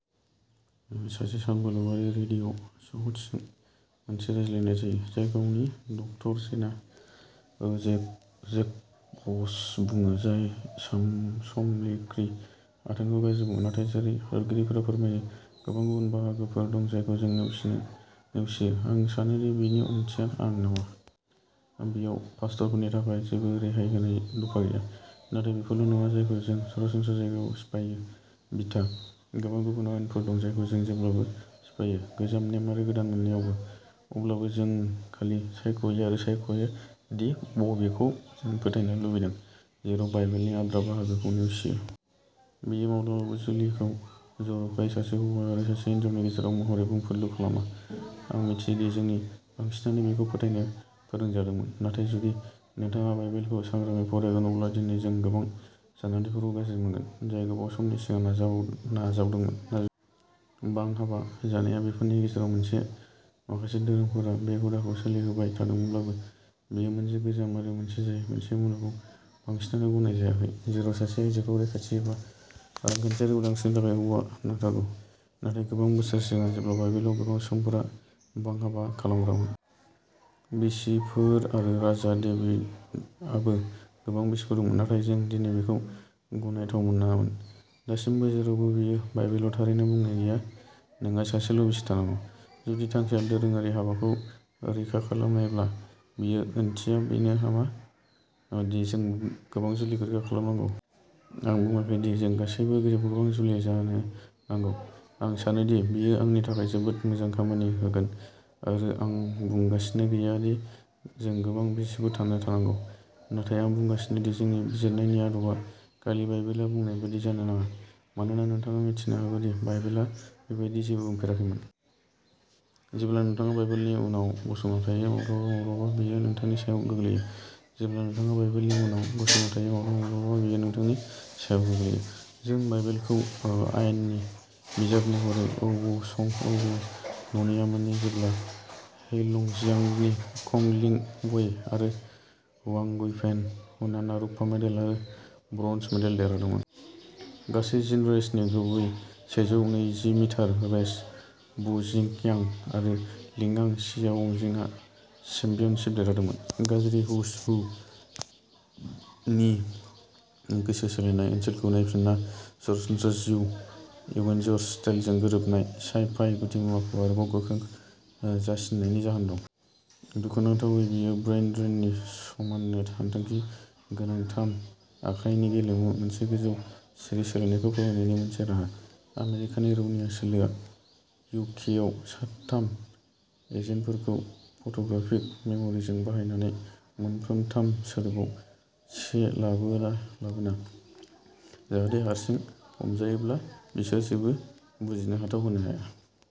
सासे सानबोलावरियारि रेडिअ' श'ह'स्टजों मोनसे रायज्लायनाय जायो, जाय गावखौ डक्टर जेना ओ जेक जेकब्स बुङो, जाय समलिङ्गी आथोनखौ गाज्रि बुङो। नाथाय जेरै हादोरगिरिया फोरमायो, गोबां गुबुन बाहागोफोर दं जायखौ जों नेवसियो। आं सानो दि बेनि ओंथिया आं नामा। बेयाव पास्टरफोरनि थाखाय जेबो रेहाय होनाय दफा गैया। नाथाय बेफोरल' नङा जायखौ जों सरासनस्रा जायगायाव सिफायो। बिथा। गोबां गुबुन आयेनफोर दं जायखौ जों जेब्लाबो सिफायो गोजाम नेम आरो गोदान मोन्नैआवबो। अब्लाबो जों खालि सायख'यो आरो सायख'यो दि बबेखौ जों फोथायनो लुबैदों, जेराव बाइबेलनि आद्रा बाहागोखौ नेवसियो। बेयो माब्लाबाबो जुलिखौ जर'खायै सासे हौवा आरो सासे हिनजावनि गेजेराव महरै बुंफुरलु खालामा। आं मिथियो दि जोंनि बांसिनानो बेखौ फोथायनो फोरोंजादोंमोन, नाथाय जुदि नोंथाङा बाइबेलखौ सांग्राङै फरायगोन अब्ला दिनै जों गोबां सानदांथिफोरखौ गाज्रि मोनगोन, जाय गोबाव समनि सिगां नाजाव नाजावजादोंमोन। बां-हाबा जानाया बेफोरनि गेजेराव मोनसे। माखासे धोरोमफोरा बे हुदाखौ सोलिहोबाय थादोंब्लाबो बेयो मोनसे गोजाम आरो मोनसे जाय मोनसे मुलुगाव बांसिनानो गनायजायाखै जेराव सासे आइजोखौ रैखाथि एबा रांखान्थियारि उदांस्रिनि थाखाय हौवा नांथारगौ। नाथाय गोबां बोसोर सिगां जेब्ला बाइबेलाव गोबां सुबुंफोरा बां-हाबा खालामग्रामोन। बिसिफोर आरो राजा डेभिड आबो गोबां बिसिफोर दंमोन। नाथाय जों दिनै बेखौ गनायथाव मोनामोन। दासिमबो जेरावबो बेयो बाइबेलाव थारैनो बुंनाय गैया नोंहा सासेल' बिसि थानांगौ। जुदि थांखिया दोरोङारि हाबाखौ रैखा खालामनायब्ला बेनि ओंथिया बेनो नामा ओ दि जोंबो गोबां जुलिखौ रैखा खालामनांगौ? आं बुंङाखै दि जों गासैबो गोबां जुलि जानो नांगौ। आं सानो दि बेयो आंनि थाखाय जोबोद मोजां खामानि होगोन आरो आं बुंगासिनो गैया दि जों गोबां बिसिफोर थानो थांनांगौ। नाथाय आं बुंगासिनो दि जोंनि बिजिरनायनि आदबा खालि बाइबेलआ बुंनाय बायदि जानो नाङा मानोना नोंथाङा मिथिनो हागौ दि बाइबेलआ बेबादि जेबो बुंफेराखैमोन। जेब्ला नोंथाङा बाइबेलनि उनाव गसंना थायो, माब्लाबा माब्लाबा बेयो नोंथांनि सायाव गोग्लैयो। जेब्ला नोंथाङा बाइबेलनि उनाव गसंना थायो, माब्लाबा माब्लाबा बेयो नोंथांनि सायाव गोग्लैयो। जों बाइबेलखौ ओ आयेननि बिजाब महरै औ औ शं औऔ ननिमानियो जेब्ला हेइलंजियांगनि कंग लिंग वेई आरो हुआंग गुइफेन, हुनानआ रुफा मेडेल आरो ब्रन्ज मेडेल देरहादों। गासै जिन रेसनि गिबि सेजौ नैजि मिटार रेस, वु झिकियांग आरो लियांग शियाओजिंगआ चेम्पियनशिप देरहादोंमोन। गाज्रि हु'ज हु?? नि गोसो सोलायनाय ओनसोलखौ नायफिनना सरासनस्रा निउ एवेंजर्स स्टाइलजों गोरोबनाय साइ-फाइ गुदिमुवाखौ आरोबाव गोख्रों ओ जासिनायनि जाहोन दं। दुखुनांथावै बेयो ब्रेन ड्रेननि समाननो सानथांखि गोनां थाम आखाइनि गेलेमुआ मोनसे गोजौ सिरि सोलायनायखौ फोरमायनायनि मोनसे राहा। आमेरिकानि रौनिया सोलोआव इउ के आव साथाम एजेन्टफोरखौ फट'ग्राफिक मेम'रिजों बाहायनानै मोनफ्रोम थाम सोदोबआव से लाबोना जाहाथे हारसिं हमजायोब्ला बिसोर जेबो बुजिनो हाथाव होनो हाया।